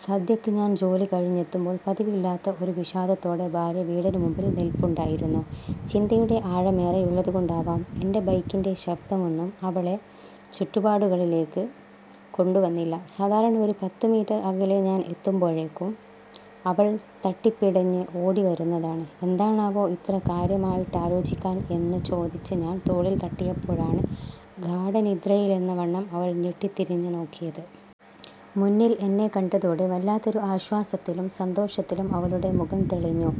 സന്ധ്യയ്ക്ക് ഞാന്‍ ജോലി കഴിഞ്ഞെത്തുമ്പോൾ പതിവില്ലാത്ത ഒരു വിഷാദത്തോടെ ഭാര്യ വീടിനുമുമ്പിൽ നില്പുണ്ടായിരുന്നു. ചിന്തയുടെ ആഴമേറെയുള്ളതുകൊണ്ടാവാം എന്‍റെ ബൈക്കിന്‍റെ ശബ്ദമൊന്നും അവളെ ചുറ്റുപ്പാടുകളിലേക്ക് കൊണ്ടുവന്നില്ല. സാധാരണ ഒരു പത്തുമീറ്റർ അകലെ ഞാന്‍ എത്തുമ്പോഴേക്കും അവള്‍ തട്ടിപ്പിടഞ്ഞ് ഓടി വരുന്നതാണ്. എന്താണാവോ ഇത്ര കാര്യമായിട്ടാലോചിക്കാൻ എന്നു ചോദിച്ച് ഞാന്‍ തോളില്‍ തട്ടിയപ്പോഴാണ് ഗാഢനിദ്രയിലെന്നവണ്ണം അവള്‍ ഞെട്ടിത്തിരിഞ്ഞു നോക്കിയത്. മുന്നില്‍ എന്നെ കണ്ടതോടെ വല്ലാത്തൊരു ആശ്വാസത്തിലും സന്തോഷത്തിലും അവളുടെ മുഖം തെളിഞ്ഞു.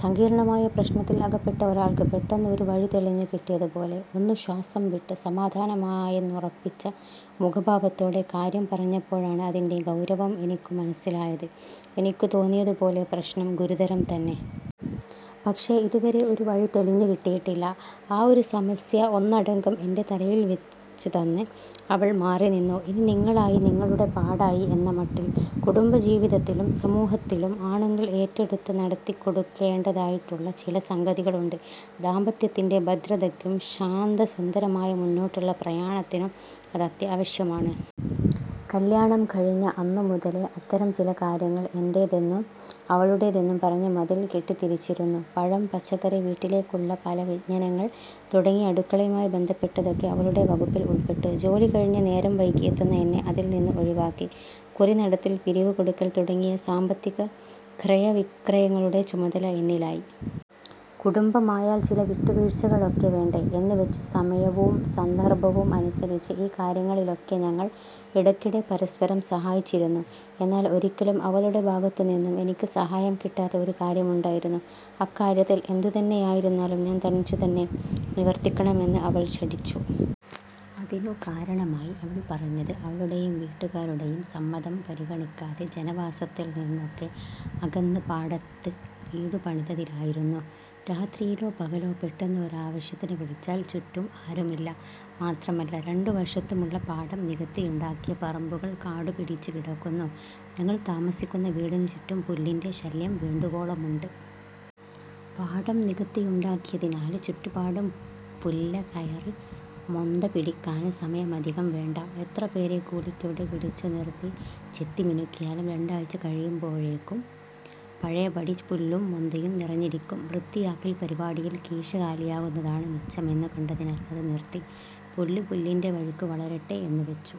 സങ്കീര്‍ണ്ണമായ പ്രശ്നത്തില്‍ അകപ്പെട്ട ഒരാള്‍ക്ക് പെട്ടെന്ന് ഒരു വഴി തെളിഞ്ഞു കിട്ടിയതുപോലെ. ഒന്നു ശ്വാസം വിട്ട്, സമാധാനമായെന്നുറപ്പിച്ച മുഖഭാവത്തോടെ കാര്യം പറഞ്ഞപ്പോഴാണ് അതിന്‍റെ ഗൗരവം എനിക്കു മനസ്സിലായത്. എനിക്കു തോന്നിയതുപോലെ പ്രശ്നം ഗുരുതരം തന്നെ. പക്ഷേ ഇതുവരെ ഒരു വഴി തെളിഞ്ഞു കിട്ടിയിട്ടില്ല. ആ ഒരു സമസ്യ ഒന്നടങ്കം എന്‍റെ തലയില്‍ വെച്ചു തന്ന് അവള്‍ മാറി നിന്നു. ഇനി നിങ്ങളായി നിങ്ങളുടെ പാടായി എന്ന മട്ടില്‍. കുടുംബ ജീവിതത്തിലും സമൂഹത്തിലും ആണുങ്ങള്‍ ഏറ്റെടുത്ത് നടത്തി കൊടുക്കേണ്ടതായിട്ടുള്ള ചില സംഗതികളുണ്ട്. ദാമ്പത്യത്തിന്‍റെ ഭദ്രതയ്ക്കും ശാന്തസുന്ദരമായ മുന്നോട്ടുള്ള പ്രയാണത്തിനും അതത്യാവശ്യമാണ്. കല്ല്യാണം കഴിഞ്ഞ അന്നു മുതലെ അത്തരം ചില കാര്യങ്ങള്‍ എന്റെതെന്നും അവളുടെതെന്നും പറഞ്ഞ് മതില്‍ കെട്ടിത്തിരിച്ചിരുന്നു. പഴം, പച്ചക്കറി വീട്ടിലേക്കുള്ള പലവ്യഞ്ജനങ്ങള്‍ തുടങ്ങി അടുക്കളയുമായി ബന്ധപ്പെട്ടതൊക്കെ അവളുടെ വകുപ്പില്‍ ഉള്‍പ്പെട്ടു. ജോലികഴിഞ്ഞ് നേരം വൈകി എത്തുന്ന എന്നെ അതില്‍ നിന്ന് ഒഴിവാക്കി. കുറി നടത്തല്‍, പിരിവു കൊടുക്കല്‍ തുടങ്ങിയ സാമ്പത്തിക ക്രയവിക്രയങ്ങളുടെ ചുമതല എന്നിലായി. കുടുംബമായാല്‍ ചില വിട്ടുവീഴ്ചകളൊക്കെ വേണ്ടെ, എന്ന് വെച്ച് സമയവൂം സന്ദര്‍ഭവും അനുസരിച്ച് ഈ കാര്യങ്ങളിലൊക്കെ ഞങ്ങള്‍ ഇടയ്ക്കിടെ പരസ്പരം സഹായിച്ചിരുന്നു. എന്നാല്‍ ഒരിക്കലും അവളുടെ ഭാഗത്തു നിന്നും എനിക്ക് സഹായം കിട്ടാത്ത ഒരു കാര്യമുണ്ടായിരുന്നു. അക്കാര്യത്തില്‍ എന്തുതന്നെയായിരുന്നാലും ഞാന്‍ തനിച്ചു തന്നെ നിവര്‍ത്തിക്കണമെന്ന് അവള്‍ ശഠിച്ചു. അതിനു കാരണമായി അവള്‍ പറഞ്ഞത് അവളുടെയും വീട്ടുകാരുടെയും സമ്മതം പരിഗണിക്കാതെ ജനവാസത്തിൽ നിന്നൊക്കെ അകന്ന് പാടത്ത് വീടു പണിതതിലായിരുന്നു. രാത്രിയിലോ പകലോ പെട്ടെന്ന് ഒരാവശ്യത്തിന് വിളിച്ചാല്‍ ചുറ്റും ആരുമില്ല. മാത്രമല്ല രണ്ടു വശത്തുമുള്ള പാടം നികത്തിയുണ്ടാക്കിയ പറമ്പുകള്‍ കാടുപിടിച്ചു കിടക്കുന്നു. ഞങ്ങള്‍ താമസിക്കുന്ന വീടിനുചുറ്റം പുല്ലിന്‍റെ ശല്യം വേണ്ടുവോളമുണ്ട്. പാടം നികത്തിയുണ്ടാക്കിയതിനാല് ചുറ്റുപാടും പുല്ലകയറി മൊന്ത പിടിക്കാന് സമയമധികം വേണ്ട. എത്ര പേരെ കൂലിക്കിവിടെ വിളിച്ചു നിര്‍ത്തി ചെത്തിമിനുക്കിയാലും രണ്ടാഴ്ച കഴിയുമ്പോഴെക്കും പഴയപടി പുല്ലും മൊന്തയും നിറഞ്ഞിരിക്കും. വൃത്തിയാക്കല്‍ പരിപാടിയില്‍ കീശ കാലിയാകുന്നതാണ് മിച്ചമെന്നു കണ്ടതിനാൽ അത് നിര്‍ത്തി. പുല്ല് പുല്ലിന്‍റെ വഴിക്കു വളരട്ടെ എന്നുവെച്ചു.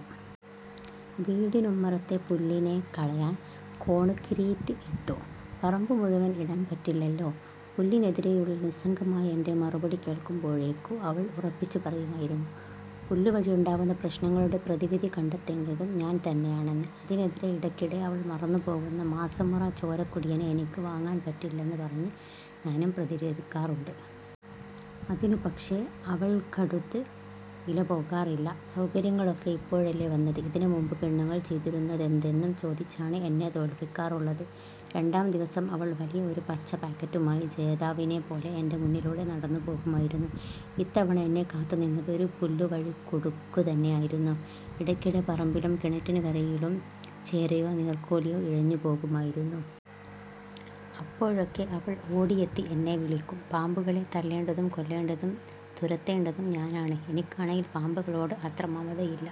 വീടിനുമ്മറത്തെ പുല്ലിനെ കളയാന്‍ കോണ്ക്രീറ്റ് ഇട്ടു. പറമ്പു മുഴുവന്‍ ഇടാന്‍ പറ്റില്ലല്ലോ. പുല്ലിനെതിരെയുള്ള നിസ്സംഗമായ എന്‍റെ മറുപടി കേള്‍ക്കുമ്പോഴേക്കു അവള്‍ ഉറപ്പിച്ചു പറയുമായിരുന്നു, പുല്ലുവഴിയുണ്ടാകുന്ന പ്രശ്നങ്ങളുടെ പ്രതിവിധി കണ്ടെത്തേണ്ടതും ഞാന്‍ തന്നെയാണെന്ന്. അതിനെതിരെ ഇടയ്ക്കിടെ അവള്‍ മറന്നുപോകുന്ന മാസമുറ ചോരകുടിയനെ എനിക്ക് വാങ്ങാന്‍ പറ്റില്ലെന്ന് പറഞ്ഞ് ഞാനും പ്രതിരോധിക്കാറുണ്ട്. അതു പക്ഷേ അവൾക്കടുത്ത് വിലപോകാറില്ല. സൗകര്യങ്ങളൊക്കെ ഇപ്പോഴല്ലേ വന്നത് ഇതിനുമുമ്പ് പെണ്ണുങ്ങള്‍ ചെയ്തിരുന്നതെന്തെന്നും ചോദിച്ചാണ് എന്നെ തോല്പിക്കാറുള്ളത്. രണ്ടാംദിവസം അവള്‍ വലിയ ഒരു പച്ച പാക്കറ്റുമായി ജേതാവിനെ പോലെ എന്‍റെ മുന്നിലൂടെ നടന്നു പോകുമായിരുന്നു. ഇത്തവണ എന്നെ കാത്തുനിന്നത് ഒരു പുല്ലുവഴി കുടുക്കു തന്നെയായിരുന്നു. ഇടയ്ക്കിടെ പറമ്പിലും കിണറ്റിന് കരയിലും ചേരയോ നീര്‍ക്കോലിയോ ഇഴഞ്ഞു പോകുമായിരുന്നു. അപ്പോഴൊക്കെ അവള്‍ ഓടിയെത്തി എന്നെ വിളിക്കും. പാമ്പുകളെ തല്ലേണ്ടതും കൊല്ലേണ്ടതും തുരത്തേണ്ടതും ഞാനാണ്. എനിക്കാണെങ്കിൽ പാമ്പുകളോട് അത്ര മമതയില്ല.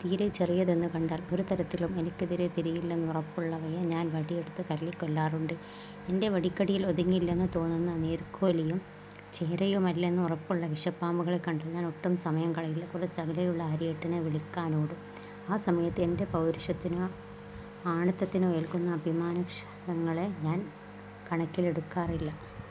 തീരെ ചെറിയതെന്നു കണ്ടാല്‍, ഒരു തരത്തിലും എനിക്കെതിരെ തിരിയില്ലെന്നുറപ്പുള്ളവയെ ഞാന്‍ വടിയെടുത്ത് തല്ലിക്കൊല്ലാറുണ്ട്. എന്‍റെ വടിക്കടിയിൽ ഒതുങ്ങില്ലെന്നു തോന്നുന്ന, നീര്ക്കോലിയും ചേരയുമെല്ലന്ന് ഉറപ്പുള്ള വിഷപാമ്പുകളെ കണ്ടാല്‍ ഞാനൊട്ടും സമയം കളയില്ല; കുറച്ചകലെയുള്ള ഹരിയേട്ടനെ വിളിക്കാനോടും. ആ സമയത്ത് എന്‍റെ പൗരുഷത്തിനോ ആണത്തത്തിനോ ഏല്‍ക്കുന്ന അപമാനക്ഷതങ്ങളെ ഞാന്‍ കണക്കിലെടുക്കാറില്ല.